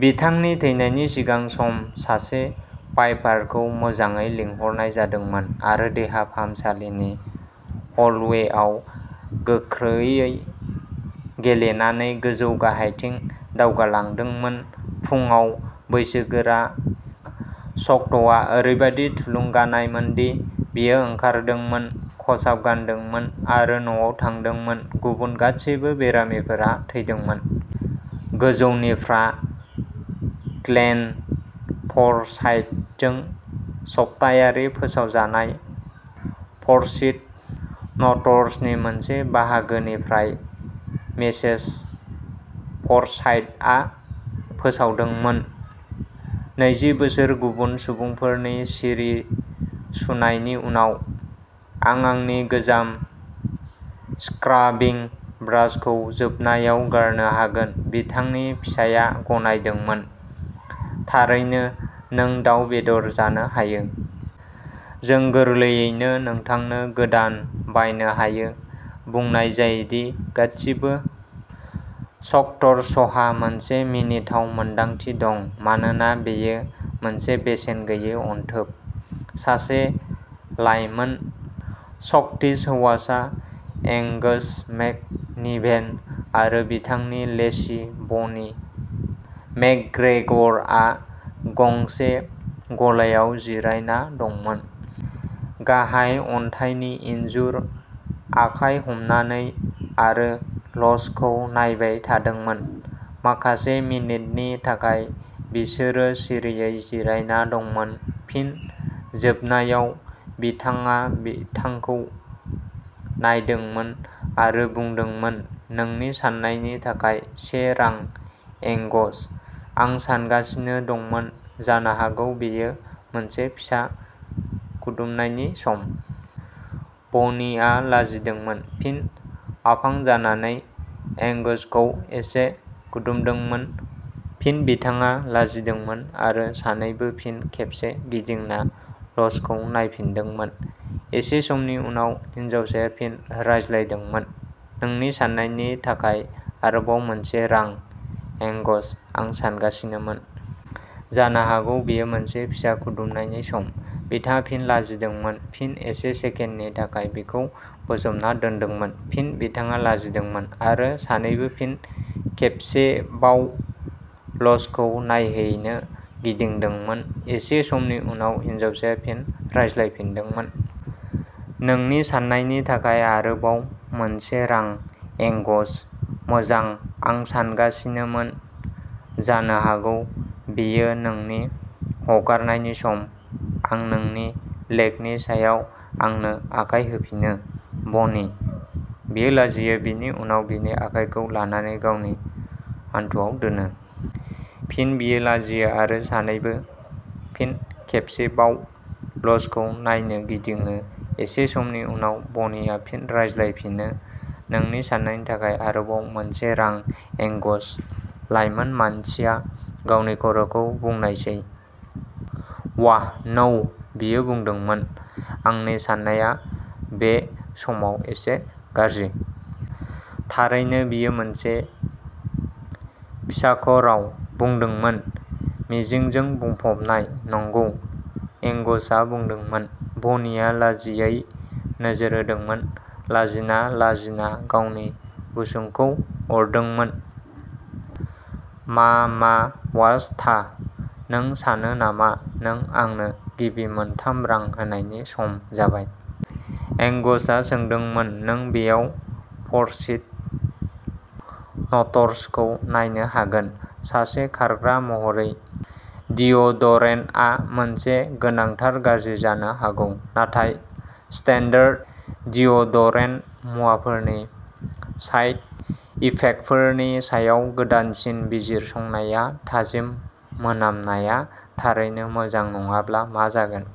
बिथांनि थैनायनि सिगां सम। सासे पाइपारखौ मोजाङै लिंहरनाय जादोंमोन आरो देहा फाहामसालिनि हलवेआव गोख्रोंयै गेलेनानै गोजौ-गाहायथिं दावगालांदोंमोन। फुंआव, बैसोगोरा स्क'टआ ओरैबादि थुलुंगानायमोनदि बियो ओंखारदोंमोन, खसाब गानदोंमोन आरो न'आव थांदोंमोन। गुबुन गासैबो बेरामिफोरा थैदोंमोन। गोजौनिफ्रा क्लेन फरसाइथजों सप्तायारि फोसावजानाय फ'र्सिथ न'ट्सनि मोनसे बाहागोनिफ्राय। मिसेस फरसाइथआ फोसावदोंमोन, "नैजि बोसोर गुबुन सुबुंफोरनि सिरि सुनायनि उनाव, आं आंनि गोजाम स्क्राबिं ब्रासखौ जोबनायाव गारनो हागोन।" बिथांनि फिसाया गनायदोंमोन-"थारैनो नों दाव बेदर जानो हायो। जों गोरलैयैनो नोंथांनो गोदान बायनो हायो।" बुंनाय जायो दि गासिबो स्कट्सहा मोनसे मिनिथाव मोन्दांथि दं-मानोना बेयो मोनसे बेसेन गैयै अनथोब! सासे लाइमोन स्क'टिश हौवासा, एंगास मेक निभेन, आरो बिथांनि लेसि, ब'नि मेकग्रेगरआ गंसे गलायाव जिरायना दंमोन। गाहाय अन्थाइनि इनजुर, आखाइ हमनानै, आरो ल'चखौ नायबाय थादोंमोन। माखासे मिनिटनि थाखाय बिसोरो सिरियै जिरायना दंमोन, फिन जोबनायाव बिथाङा बिथांखौ नायदोंमोन आरो बुंदोंमोन, "नोंनि साननायनि थाखाय से रां, एंगस।" "आं सानगासिनो दंमोन... जानो हागौ बेयो मोनसे फिसा खुदुमनायनि सम।" ब'नीआ लाजिदोंमोन, फिन आफां जानानै एंगसखौ एसे खुदुमदोंमोन। फिन बिथाङा लाजिदोंमोन आरो सानैबो फिन खेबसे गिदिंना ल'चखौ नायफिनदोंमोन। एसे समनि उनाव हिनजावसाया फिन रायज्लायदोंमोन। "नोंनि साननायनि थाखाय आरोबाव मोनसे रां, एंगस।" "आं सानगासिनोमोन... जानो हागौ बेयो मोनसे फिसा खुदुमनायनि सम।" बिथाङा फिन लाजिदोंमोन, फिन एसे सेकेन्डनि थाखाय बिखौ बोजबना दोनदोंमोन। फिन बिथाङा लाजिदोंमोन आरो सानैबो फिन खेबसेबाव ल'चखौ नायहैनो गिदिंदोंमोन। एसे समनि उनाव हिनजावसाया फिन रायज्लायफिनदोंमोन। "नोंनि साननायनि थाखाय आरोबाव मोनसे रां, एंगस।" "मोजां, आं सानगासिनोमोन... जानो हागौ बेयो नोंनि हगारनायनि सम।" आं नोंनि लेगनि सायाव आंनो आखाय होफिनो, ब'नी। "बियो लाजियो, बिनि उनाव बिनि आखायखौ लानानै गावनि हान्थुआव दोनो। फिन बियो लाजियो आरो सानैबो फिन खेबसेबाव ल'चखौ नायनो गिदिङो। एसे समनि उनाव ब'नीआ फिन रायज्लायफिनो।" नोंनि साननायनि थाखाय आरोबाव मोनसे रां, एंगस। "लाइमोन मानसिया गावनि खर'खौ बुनायसै।" वाह्ल, नौ ", बियो बुंदोंमोन," आंनि साननाया बे समाव एसे गाज्रि। "" थारैनो? "बियो मोनसे फिसाख'राव बुंदोंमोन, मिजिंजों बुंफबनाय।" नंगौ ", एंगसआ बुंदोंमोन। ब'नीया लाजियै नोजोर होदोंमोन, लाजिना लाजिना गावनि गुसुंखौ अरदोंमोन।" मा'मा'वास था? "" नों सानो नामा नों आंनो गिबि मोनथाम रां होनायनि सम जाबाय? "एंगसआ सोंदोंमोन। नों बेयाव फरसिथ न'ट्सखौ नायनो हागोन! सासे खारग्रा महरै, डिअ'डरेन्टआ मोनसे गोनांथार गाज्रि जानो हागौ। नाथाय, स्टान्डार्ड डिअ'डरेन्ट मुवाफोरनि साइड इफेक्टफोरनि सायाव गोदानसिन बिजिरसंनाया, थाजिम मोनामनाया थारैनो मोजां नङाब्ला मा जागोन?